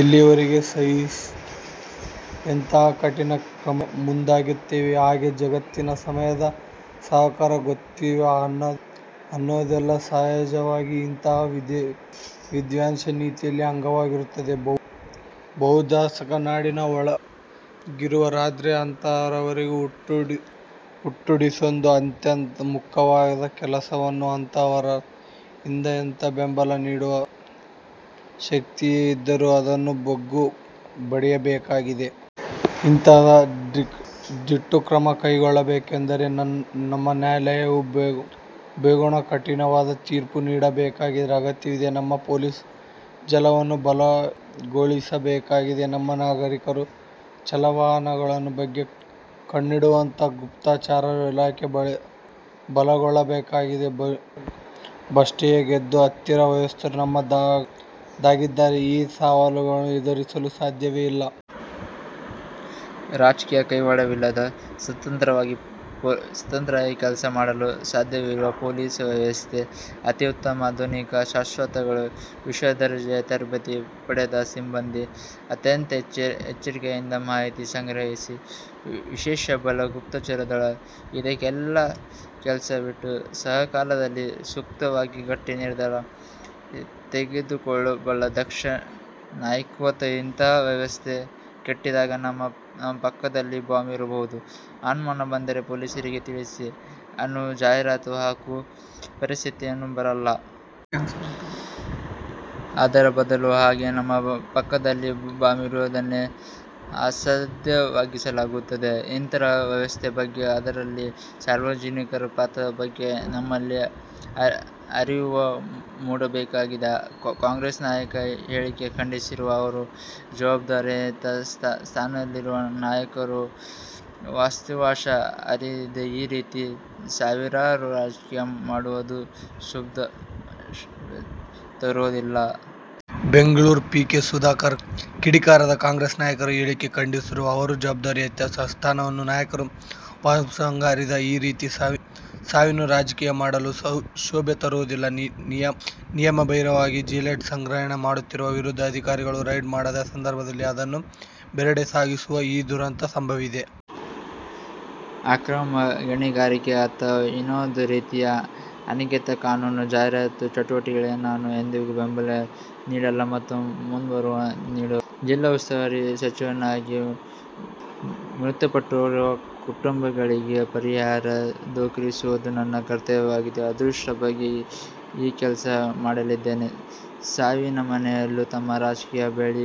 ಎಲ್ಲಿಯವರೆಗೆ ಸಹಿಸ್ತೀವಿ? ಎಂತಹ ಕಠಿಣ ಕ್ರಮಕ್ಕೆ ಮುಂದಾಗ್ತೀವಿ? ಹೇಗೆ ಜಾಗತಿಕ ಸಮುದಾಯದ ಸಹಕಾರ ತೊಗೋತೀವಿ? ಅನ್ನೋದೆಲ್ಲಾ ಸಹಜವಾಗೇ ಇಂತಹ ವಿದೇಶಾಂಗ ನೀತಿಯ ಅಂಗವಾಗಿರುತ್ತೆ. ಭಯೋತ್ಪಾದಕರು ನಾಡಿನ ಒಳಗಿನವರಾದ್ರೆ ಅಂತಹವರ ಹುಟ್ಟಡಗಿಸೋದು ಅತ್ಯಂತ ಮುಖ್ಯವಾದ ಕೆಲಸವಾಗಿದೆ. ಅಂತಹವರ ಹಿಂದೆ ಎಂತಹ ಬೆಂಬಲ ನೀಡುವ ಶಕ್ತಿಯೇ ಇದರೂ ಅದನ್ನು ಬಗ್ಗು ಬಡಿಯಬೇಕಾಗಿದೆ. ಇಂತಹ ದಿಟ್ಟಕ್ರಮ ಕೈಗೊಳ್ಳಬೇಕು ಅಂದ್ರೆ ನಮ್ಮ ನ್ಯಾಯಾಲಯಗಳು ಬೇಗನೆ ಕಠಿಣವಾದ ತೀರ್ಪು ನೀಡಬೇಕಾದ ಅಗತ್ಯವಿದೆ. ನಮ್ಮ ಪೊಲೀಸ್ ಜಾಲವನ್ನು ಬಲಗೊಳಿಸಬೇಕಿದೆ. ನಮ್ಮ ನಾಗರೀಕರ ಚಲನವಲನಗಳ ಬಗ್ಗೆ ಕಣ್ಣಿಡುವಂತಹ ಗುಪ್ತಚರ ಇಲಾಖೆ ಬಲಗೊಳ್ಳಬೇಕಾಗಿದೆ. ಭ್ರಷ್ಟತೆಯ ಗೆದ್ದಲು ಹತ್ತಿರೋ ವ್ಯವಸ್ಥೆ ನಮ್ಮದಾಗಿದ್ದರೆ ಈ ಸವಾಲನ್ನು ಎದುರಿಸಲು ಸಾಧ್ಯವೇ ಇಲ್ಲ. ರಾಜಕೀಯ ಕೈವಾಡವಿಲ್ಲದ, ಸ್ವತಂತ್ರವಾಗಿ ಕೆಲಸ ಮಾಡಲು ಸಾಧ್ಯವಿರುವ ಪೊಲೀಸ್ ವ್ಯವಸ್ಥೆ ಅತ್ಯುತ್ತಮ ಆಧುನಿಕ ಶಸ್ತ್ರಾಸ್ತ್ರಗಳು, ವಿಶ್ವದರ್ಜೆಯ ತರಬೇತಿ ಪಡೆದ ಸಿಬ್ಬಂದಿ, ಅತ್ಯಂತ ಎಚ್ಚರಿಕೆಯಿಂದ ಮಾಹಿತಿ ಸಂಗ್ರಹಿಸಿ ವಿಶ್ಲೇಷಿಸಬಲ್ಲ ಗುಪ್ತಚರ ದಳ, ಇದಕ್ಕೆಲ್ಲಾ ಕಲಶವಿಟ್ಟಂತೆ ಸಕಾಲದಲ್ಲಿ ಸೂಕ್ತವಾದ ಗಟ್ಟಿ ನಿರ್ಧಾರ ತೆಗೆದುಕೊಳ್ಳಬಲ್ಲ ದಕ್ಷ ನಾಯಕತ್ವ ಇಂತಹ ವ್ಯವಸ್ಥೆ ಕಟ್ಟಿದಾಗ "ನಿಮ್ಮ ಪಕ್ಕದಲ್ಲಿ ಬಾಂಬ್ ಇರಬಹುದು, ಅನುಮಾನ ಬಂದರೆ ಪೊಲೀಸರಿಗೆ ತಿಳಿಸಿ" ಅನ್ನೋ ಜಾಹಿರಾತು ಹಾಕೋ ಪರಿಸ್ಥಿತೀನೆ ಬರಲ್ಲ. ಅದರ ಬದಲು ಹಾಗೆ ನಮ್ಮ ಪಕ್ಕದಲ್ಲಿ ಬಾಂಬ್ ಇಡುವುದನ್ನೇ ಅಸಾಧ್ಯವಾಗಿಸಲಾಗುತ್ತದೆ. ಇಂತಹ ವ್ಯವಸ್ಥೆಯ ಬಗ್ಗೆ, ಅದರಲ್ಲಿ ಸಾರ್ವಜನಿಕರ ಪಾತ್ರದ ಬಗ್ಗೆ ನಮ್ಮಲ್ಲಿ ಅರಿವು ಮೂಡಬೇಕಾಗಿದೆ. ಕಾಂಗ್ರೆಸ್ ನಾಯಕರ ಹೇಳಿಕೆ ಖಂಡಿಸಿರುವ ಅವರು, ಜವಾಬ್ದಾರಿಯುತ ಸ್ಥಾನದಲ್ಲಿರುವ ನಾಯಕರು ವಾಸ್ತವಾಂಶ ಅರಿಯದೆ ಈ ರೀತಿ ಸಾವಿನಲ್ಲೂ ರಾಜಕೀಯ ಮಾಡುವುದು ಶೋಭೆ ತರುವುದಿಲ್ಲ. ಬೆಂಗಳೂರು, ಫೆ. ಕೆ. ಸುಧಾಕರ್ ಕಿಡಿಕಾರಿದ್ದಾರೆ. ಕಾಂಗ್ರೆಸ್ ನಾಯಕರ ಹೇಳಿಕೆ ಖಂಡಿಸಿರುವ ಅವರು, ಜವಾಬ್ದಾರಿಯುತ ಸ್ಥಾನದಲ್ಲಿರುವ ನಾಯಕರು ವಾಸ್ತವಾಂಶ ಅರಿಯದೆ ಈ ರೀತಿ ಸಾವಿನಲ್ಲೂ ರಾಜಕೀಯ ಮಾಡುವುದು ಶೋಭೆ ತರುವುದಿಲ್ಲ. ನಿಯಮ ಬಾಹಿರವಾಗಿ ಜಿಲೆಟಿನ್ ಸಂಗ್ರಹಣೆ ಮಾಡುತ್ತಿದ್ದವರ ವಿರುದ್ಧ ಅಧಿಕಾರಿಗಳು ರೈಡ್ ಮಾಡಿದ್ದ ಸಂದರ್ಭದಲ್ಲಿ ಅದನ್ನು ಬೇರೆಡೆ ಸಾಗಿಸುವಾಗ ಈ ದುರಂತ ಸಂಭವಿಸಿದೆ. ಅಕ್ರಮ ಗಣಿಗಾರಿಕೆ ಅಥವಾ ಇನ್ಯಾವುದೇ ರೀತಿಯ ಅನೈತಿಕ, ಕಾನೂನು ಬಾಹಿರ ಚಟುವಟಿಕೆಗಳಿಗೆ ನಾನು ಎಂದಿಗೂ ಬೆಂಬಲ ನೀಡಿಲ್ಲ ಮತ್ತು ಮುಂದೆಯೂ ನೀಡುವುದಿಲ್ಲ. ಜಿಲ್ಲಾ ಉಸ್ತುವಾರಿ ಸಚಿವನಾಗಿ ಮೃತಪಟ್ಟವರ ಕುಟುಂಬಗಳಿಗೆ ಪರಿಹಾರ ದೊರಕಿಸುವುದು ನನ್ನ ಕರ್ತವ್ಯವಾಗಿದ್ದು ಆದಷ್ಟು ಬೇಗ ಈ ಕೆಲಸ ಮಾಡಲಿದ್ದೇನೆ. ಸಾವಿನ ಮನೆಯಲ್ಲೂ ತಮ್ಮ ರಾಜಕೀಯ ಬೇಳೆ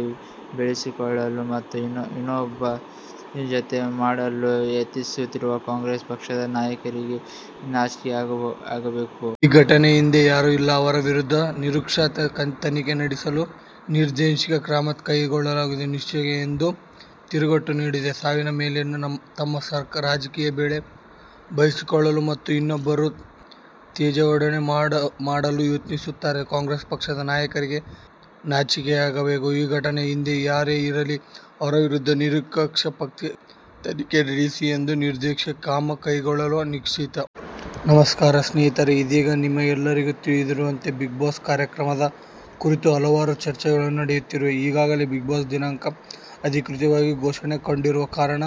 ಬೇಯಿಸಿಕೊಳ್ಳಲು ಮತ್ತು ಇನ್ನೊಬ್ಬರ ತೇಜೋವಧೆ ಮಾಡಲು ಯತ್ನಿಸುತ್ತಿರುವ ಕಾಂಗ್ರೆಸ್ ಪಕ್ಷದ ನಾಯಕರಿಗೆ ನಾಚಿಕೆಯಾಗಬೇಕು. ಈ ಘಟನೆಯ ಹಿಂದೆ ಯಾರೇ ಇರಲಿ ಅವರ ವಿರುದ್ಧ ನಿಷ್ಪಕ್ಷಪಾತ ತನಿಖೆ ನಡೆಸಿ ನಿರ್ದಾಕ್ಷಿಣ್ಯ ಕ್ರಮ ತೆಗೆದುಕೊಳ್ಳುವುದು ನಿಶ್ಚಿತ ಎಂದು ತಿರುಗೇಟು ನೀಡಿದ್ದಾರೆ. ಸಾವಿನ ಮನೆಯಲ್ಲೂ ತಮ್ಮ ರಾಜಕೀಯ ಬೇಳೆ ಬೇಯಿಸಿಕೊಳ್ಳಲು ಮತ್ತು ಇನ್ನೊಬ್ಬರ ತೇಜೋವಧೆ ಮಾಡಲು ಯತ್ನಿಸುತ್ತಿರುವ ಕಾಂಗ್ರೆಸ್ ಪಕ್ಷದ ನಾಯಕರಿಗೆ ನಾಚಿಕೆಯಾಗಬೇಕು. ಈ ಘಟನೆಯ ಹಿಂದೆ ಯಾರೇ ಇರಲಿ ಅವರ ವಿರುದ್ಧ ನಿಷ್ಪಕ್ಷಪಾತ ತನಿಖೆ ನಡೆಸಿ ನಿರ್ದಾಕ್ಷಿಣ್ಯ ಕ್ರಮ ತೆಗೆದುಕೊಳ್ಳುವುದು ನಿಶ್ಚಿತ. ನಮಸ್ಕಾರ ಸ್ನೇಹಿತರೇ ಇದೀಗ ನಿಮಗೆಲ್ಲರಿಗೂ ತಿಳಿದಿರುವಂತೆ ಬಿಗ್ ಬಾಸ್ ಕಾರ್ಯಕ್ರಮದ ಕುರಿತು ಹಲವಾರು ಚರ್ಚೆಗಳು ನಡೆಯುತ್ತಿವೆ. ಈಗಾಗಲೇ ಬಿಗ್ ಬಾಸ್ ದಿನಾಂಕ ಅಧಿಕೃತವಾಗಿ ಘೋಷಣೆ ಕೊಂಡಿರುವ ಕಾರಣ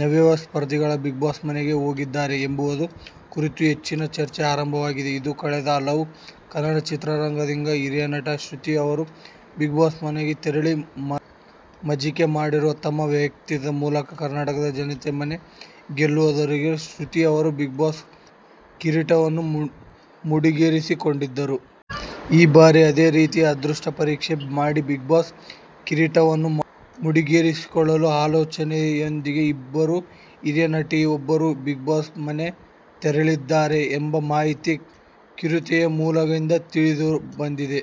ಯಾವ್ಯಾವ ಸ್ಪರ್ಧಿಗಳು ಬಿಗ್ ಬಾಸ್ ಮನೆಗೆ ಹೋಗಲಿದ್ದಾರೆ ಎಂಬುದರ ಕುರಿತು ಹೆಚ್ಚಿನ ಚರ್ಚೆ ಆರಂಭವಾಗಿದೆ. ಇನ್ನು ಕಳೆದ ಕೆಲವು ಕನ್ನಡ ಚಿತ್ರರಂಗದ ಹಿರಿಯ ನಟಿ ಶ್ರುತಿ ರವರು ಬಿಗ್ ಬಾಸ್ ಮನೆಗೆ ತೆರಳಿ ಮ್ಯಾಜಿಕ್ ಮಾಡಿದರು ತಮ್ಮ ವ್ಯಕ್ತಿತ್ವದ ಮೂಲಕ ಕರ್ನಾಟಕದ ಜನತೆಯ ಮನೆ ಗೆಲ್ಲುವುದರಲ್ಲಿ ಶೃತಿ ರವರು ಬಿಗ್ ಬಾಸ್ ಕಿರೀಟವನ್ನು ಮುಡಿಗೇರಿಸಿ ಕೊಂಡಿದ್ದರು. ಈ ಬಾರಿ ಅದೇ ರೀತಿಯ ಅದೃಷ್ಟ ಪರೀಕ್ಷೆ ಮಾಡಿ ಬಿಗ್ ಬಾಸ್ ಕಿರೀಟವನ್ನು ಮುಡಿಗೇರಿಸಿಕೊಳ್ಳುವ ಆಲೋಚನೆಯೊಂದಿಗೆ ಇಬ್ಬರು ಹಿರಿಯ ನಟಿಯರಲ್ಲಿ ಒಬ್ಬರು ಬಿಗ್ ಬಾಸ್ ಮನೆಗೆ ತೆರಳಿದ್ದಾರೆ ಎಂಬ ಮಾಹಿತಿ ಕಿರುತೆರೆಯ ಮೂಲಗಳಿಂದ ತಿಳಿದುಬಂದಿದೆ.